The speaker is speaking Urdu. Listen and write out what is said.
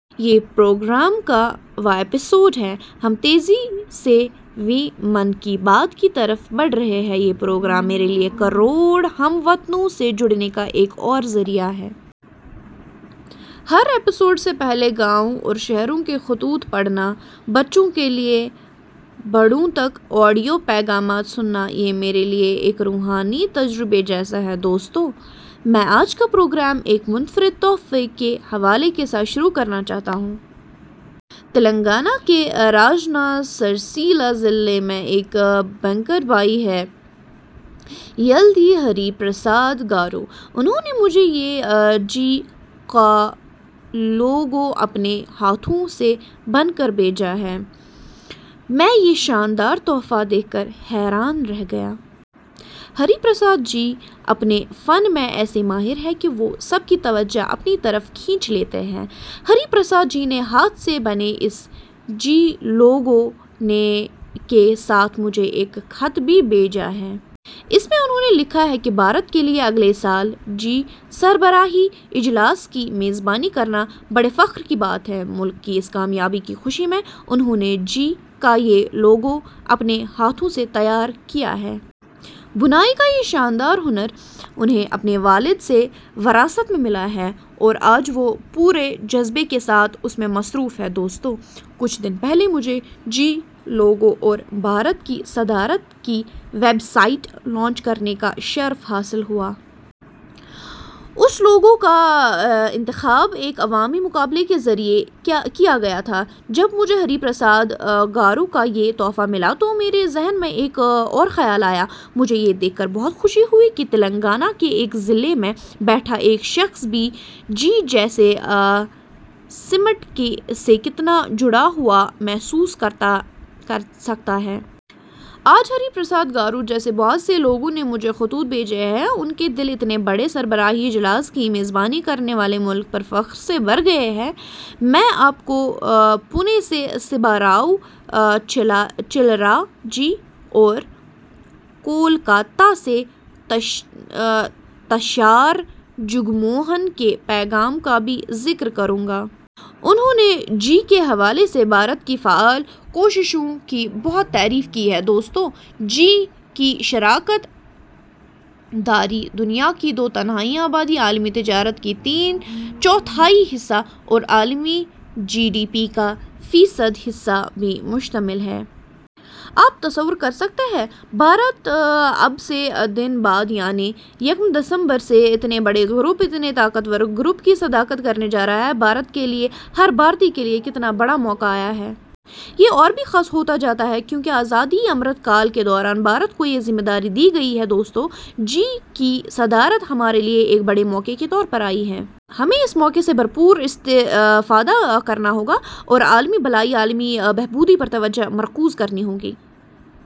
یہ پروگرام کا واں ایپیسوڈ ہے۔ ہم تیزی سے ویں ' من کی بات ' کی طرف بڑھ رہے ہیں۔ یہ پروگرام میرے لئے کروڑ ہم وطنوں سے جڑنے کا ایک اور ذریعہ ہے۔ ہر ایپیسوڈ سے پہلے گاؤں اور شہروں کے خطوط پڑھنا ؛ بچوں سے لے کر بڑوں تک آڈیو پیغامات سننا؛ یہ میرے لئے ایک روحانی تجربے جیسا ہے۔ دوستو، میں آج کا پروگرام ایک منفرد تحفہ کے حوالے کے ساتھ شروع کرنا چاہتا ہوں۔ تلنگانہ کے راجنا سرسیلا ضلع میں ایک بنکر بھائی ہیں – یلدھی ہری پرساد گارو۔ انہوں نے مجھے یہ جی – کا لوگو اپنے ہاتھوں سے بن کر بھیجا ہے۔ میں یہ شاندار تحفہ دیکھ کر حیران رہ گیا۔ ہری پرساد جی اپنے فن میں ایسے ماہر ہیں کہ وہ سب کی توجہ اپنی طرف کھینچ لیتے ہیں۔ ہری پرساد جی نے ہاتھ سے بنے اس جی – لوگو کے ساتھ مجھے ایک خط بھی بھیجا ہے۔ اس میں ، انہوں نے لکھا ہے کہ بھارت کے لئے اگلے سال جی - سربراہی اجلاس کی میزبانی کرنا بڑے فخر کی بات ہے۔ ملک کی ، اس کامیابی کی خوشی میں ، انہوں نے جی – کا یہ لوگو اپنے ہاتھوں سے تیار کیا ہے۔ بُنائی کا یہ شاندار ہنر ، انہیں اپنے والد سے وراثت میں ملا ہے اور آج وہ پورے جذبے کے ساتھ اس میں مصروف ہیں۔ دوستو، کچھ دن پہلے مجھے جی – لوگو اور بھارت کی صدارت کی ویب سائٹ لانچ کرنے کا شرف حاصل ہوا۔ اس لوگو کا انتخاب ایک عوامی مقابلے کے ذریعے کیا گیا تھا۔ جب مجھے ہری پرساد گارو کا یہ تحفہ ملا تو میرے ذہن میں ایک اور خیال آیا۔ مجھے یہ دیکھ کر بہت خوشی ہوئی کہ تلنگانہ کے ایک ضلع میں بیٹھا ایک شخص بھی جی – جیسے سمٹ سے کتنا جڑا ہوا محسوس کر سکتا ہے۔ آج، ہری پرساد گارو جیسے بہت سے لوگوں نے مجھے خطوط بھیجے ہیں کہ ان کے دل اتنے بڑے سربراہی اجلاس کی میزبانی کرنے والے ملک پر فخر سے بھر گئے ہیں۔ میں آپ کو پونے سے سبا راؤ چلّرا جی اور کولکاتہ سے تشار جگموہن کے پیغام کا بھی ذکر کروں گا۔ انہوں نے جی – کے حوالے سے بھارت کی فعال کوششوں کی بہت تعریف کی ہے۔ دوستو، جی – کی شراکت داری دنیا کی دو تہائی آبادی، عالمی تجارت کا تین چوتھائی حصہ اور عالمی جی ڈی پی کا فی صد حصہ پر مشتمل ہے۔ آپ تصور کر سکتے ہیں – بھارت اب سے دن بعد یعنی یکم دسمبر سے اتنے بڑے گروپ، اتنے طاقتور گروپ کی صدارت کرنے جا رہا ہے۔ بھارت کے لئے، ہر بھارتی کے لئے کتنا بڑا موقع آیا ہے! یہ اور بھی خاص ہو جاتا ہے کیونکہ آزادی کا امرت کال کے دوران بھارت کو یہ ذمہ داری دی گئی ہے ۔ دوستو، جی – کی صدارت ہمارے لئے ایک بڑے موقع کے طور پر آئی ہے۔ ہمیں اس موقع سے بھرپور استفادہ کرنا ہوگا اور عالمی بھلائی، عالمی بہبود پر توجہ مرکوز کرنی ہوگی۔